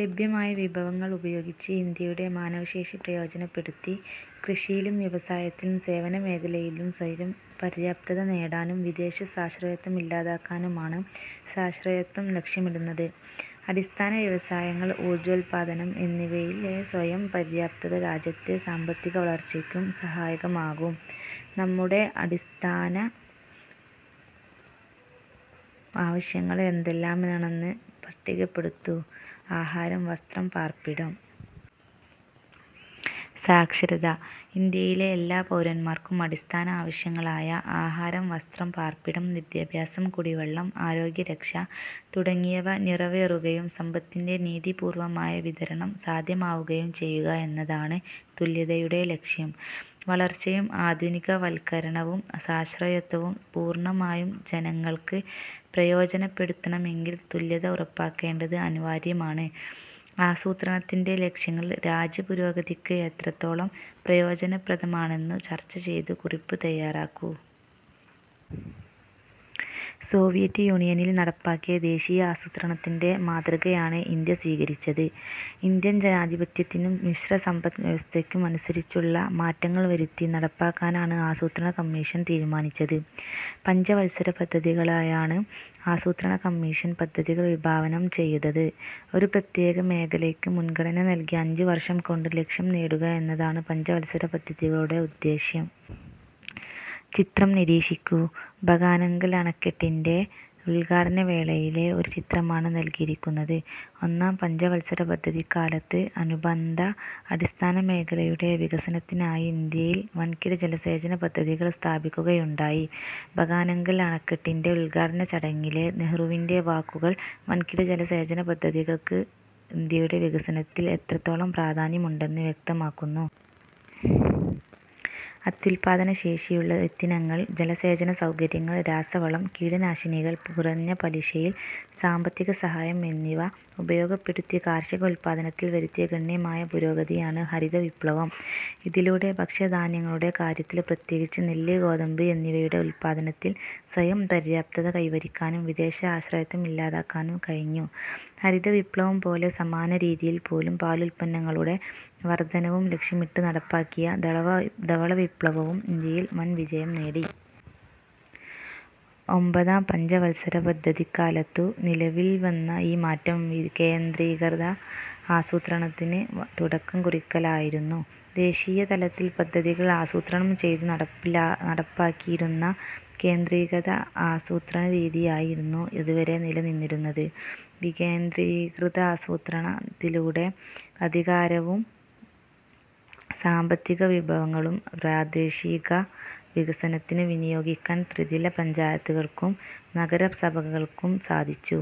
ലഭ്യമായ വിഭവങ്ങൾ ഉപയോഗിച്ച് ഇന്ത്യയുടെ മാനവശേഷി പ്രയോജനപ്പെടുത്തി കൃഷിയിലും വ്യവസായത്തിലും സേവനമേഖലയിലും സ്വയംപര്യാപ്തത നേടാനും വിദേശ ആശ്രയത്വം ഇല്ലാതാക്കാനുമാണ് സ്വാശ്രയത്വം ലക്ഷ്യമിടുന്നത്. അടിസ്ഥാന വ്യവസായങ്ങൾ, ഊർജോൽപ്പാദനം എന്നിവയിലെ സ്വയം പര്യാപ്തത രാജ്യത്തെ സാമ്പത്തികവളർച്ചയ്ക്കും സഹായകമാവും. നമ്മുടെ അടിസ്ഥാന ആവശ്യങ്ങൾ എന്തെല്ലാമാണെന്ന് പട്ടികപ്പെടുത്തു. ആഹാരം. വസ്ത്രം. പാർപ്പിടം. സാക്ഷരത. ഇന്ത്യയിലെ എല്ലാ പൗരന്മാർക്കും അടിസ്ഥാന ആവശ്യങ്ങളായ ആഹാരം, വസ്ത്രം, പാർപ്പിടം, വിദ്യാഭ്യാസം, കുടിവെള്ളം, ആരോഗ്യരക്ഷ തുടങ്ങിയവ നിറവേറുകയും സമ്പത്തിന്റെ നീതിപൂർവമായ വിതരണം സാധ്യമാവുകയും ചെയ്യുക എന്നതാണ് തുല്യതയുടെ ലക്ഷ്യം. വളർച്ചയും ആധുനികവൽക്കരണവും സ്വാശ്രയത്വവും പൂർണമായും ജനങ്ങൾക്ക് പ്രയോജനപ്പെടുത്തണമെങ്കിൽ തുല്യത ഉറപ്പാക്കേണ്ടത് അനിവാര്യമാണ്. ആസൂത്രണത്തിന്റെ ലക്ഷ്യങ്ങൾ രാജ്യപുരോഗതിക്ക് എത്രത്തോളം പ്രയോജനപ്രദമാണെന്നു ചർച്ച ചെയ്തു കുറിപ്പു തയാറാക്കൂ. സോവിയറ്റ് യൂണിയനിൽ നടപ്പാക്കിയ ദേശീയ ആസൂത്രണത്തിന്റെ മാതൃകയാണ് ഇന്ത്യ സ്വീകരിച്ചത്. ഇന്ത്യൻ ജനാധിപത്യത്തിനും മിശ്ര സമ്പദ് വ്യവസ്ഥയ്ക്കും അനുസരിച്ചുള്ള മാറ്റങ്ങൾ വരുത്തി നടപ്പാക്കാനാണ് ആസൂത്രണ കമ്മീഷൻ തീരുമാനിച്ചത്. പഞ്ചവൽസര പദ്ധതികളായാണ് ആസൂത്രണ കമ്മീഷൻ പദ്ധതികൾ വിഭാവനം ചെയ്തത്. ഒരു പ്രത്യേക മേഖലയ്ക്ക് മുൻഗണന നൽകി അഞ്ചുവർഷം കൊണ്ട് ലക്ഷ്യം നേടുക എന്നതാണ് പഞ്ചവത്സര പദ്ധതികളുടെ ഉദ്ദേശ്യം. ചിത്രം നിരീക്ഷിക്കൂ. ഭകാനംഗൽ അണക്കെട്ടിന്റെ ഉൽഘാടന വേളയിലെ ഒരു ചിത്രമാണ് നൽകിയിരിക്കുന്നത്. ഒന്നാം പഞ്ചവത്സരപദ്ധതിക്കാലത്ത് അനുബന്ധ അടിസ്ഥാന മേഖലയുടെ വികസനത്തിനായി ഇന്ത്യയിൽ വൻകിട ജലസേചന പദ്ധതികൾ സ്ഥാപിക്കുകയുണ്ടായി. ഭകാനംഗൽ അണക്കെട്ടിന്റെ ഉദ്ഘാടന ചടങ്ങിലെ നെഹ്റുവിന്റെ വാക്കുകൾ വൻകിട ജലസേചനപദ്ധതികൾക്ക് ഇന്ത്യയുടെ വികസനത്തിൽ എത്രത്തോളം പ്രാധാന്യമുണ്ടെന്ന് വ്യക്തമാക്കുന്നു. അത്യുൽപ്പാദനശേഷിയുള്ള വിത്തിനങ്ങൾ, ജലസേചനസൗകര്യങ്ങൾ, രാസവളം, കീടനാശിനികൾ, കുറഞ്ഞ പലിശയിൽ സാമ്പത്തികസഹായം എന്നിവ ഉപയോഗപ്പെടുത്തി കാർഷിക ഉൽപ്പാദനത്തിൽ വരുത്തിയ ഗണ്യമായ പുരോഗതിയാണ് ഹരിതവിപ്ലവം. ഇതിലൂടെ ഭക്ഷ്യധാന്യങ്ങളുടെ കാര്യത്തിൽ, പ്രത്യേകിച്ച് നെല്ല്, ഗോതമ്പ് എന്നിവയുടെ ഉല്പാദനത്തിൽ സ്വയംപര്യാപ്തത കൈവരിക്കാനും വിദേശ ആശയത്വം ഇല്ലാതാക്കാനും കഴിഞ്ഞു. ഹരിതവിപ്ലവം പോലെ സമാനരീതിയിൽ പാലും പാലുൽപ്പന്നങ്ങളുടെ വർധനവും ലക്ഷ്യമിട്ട് നടപ്പാക്കിയ ധവളവിപ്ലവവും ഇന്ത്യയിൽ വൻവിജയം നേടി. ഒമ്പതാം പഞ്ചവൽസരപദ്ധതിക്കാലത്തു നിലവിൽ വന്ന ഈ മാറ്റം വികേന്ദ്രീകൃത ആസൂത്രണത്തിന് തുടക്കം കുറിക്കലായിരുന്നു. ദേശീയതലത്തിൽ പദ്ധതികൾ ആസൂത്രണം ചെയ്തു നടപ്പാക്കിയിരുന്ന കേന്ദ്രീകൃത ആസൂത്രണരീതിയായിരുന്നു അതുവരെ നിലനിന്നിരുന്നത്. വികേന്ദ്രീകൃതാസൂത്രണത്തിലൂടെ, അധികാരവും സാമ്പത്തികവിഭവങ്ങളും പ്രാദേശിക വികസനത്തിനു വിനിയോഗിക്കാൻ ത്രിതല പഞ്ചായത്തുകൾക്കും നഗരസഭകൾക്കും സാധിച്ചു.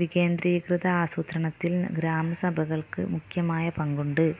വികേന്ദ്രീകൃത ആസൂത്രണത്തിൽ ഗ്രാമസഭകൾക്ക് മുഖ്യമായ പങ്കുണ്ട്.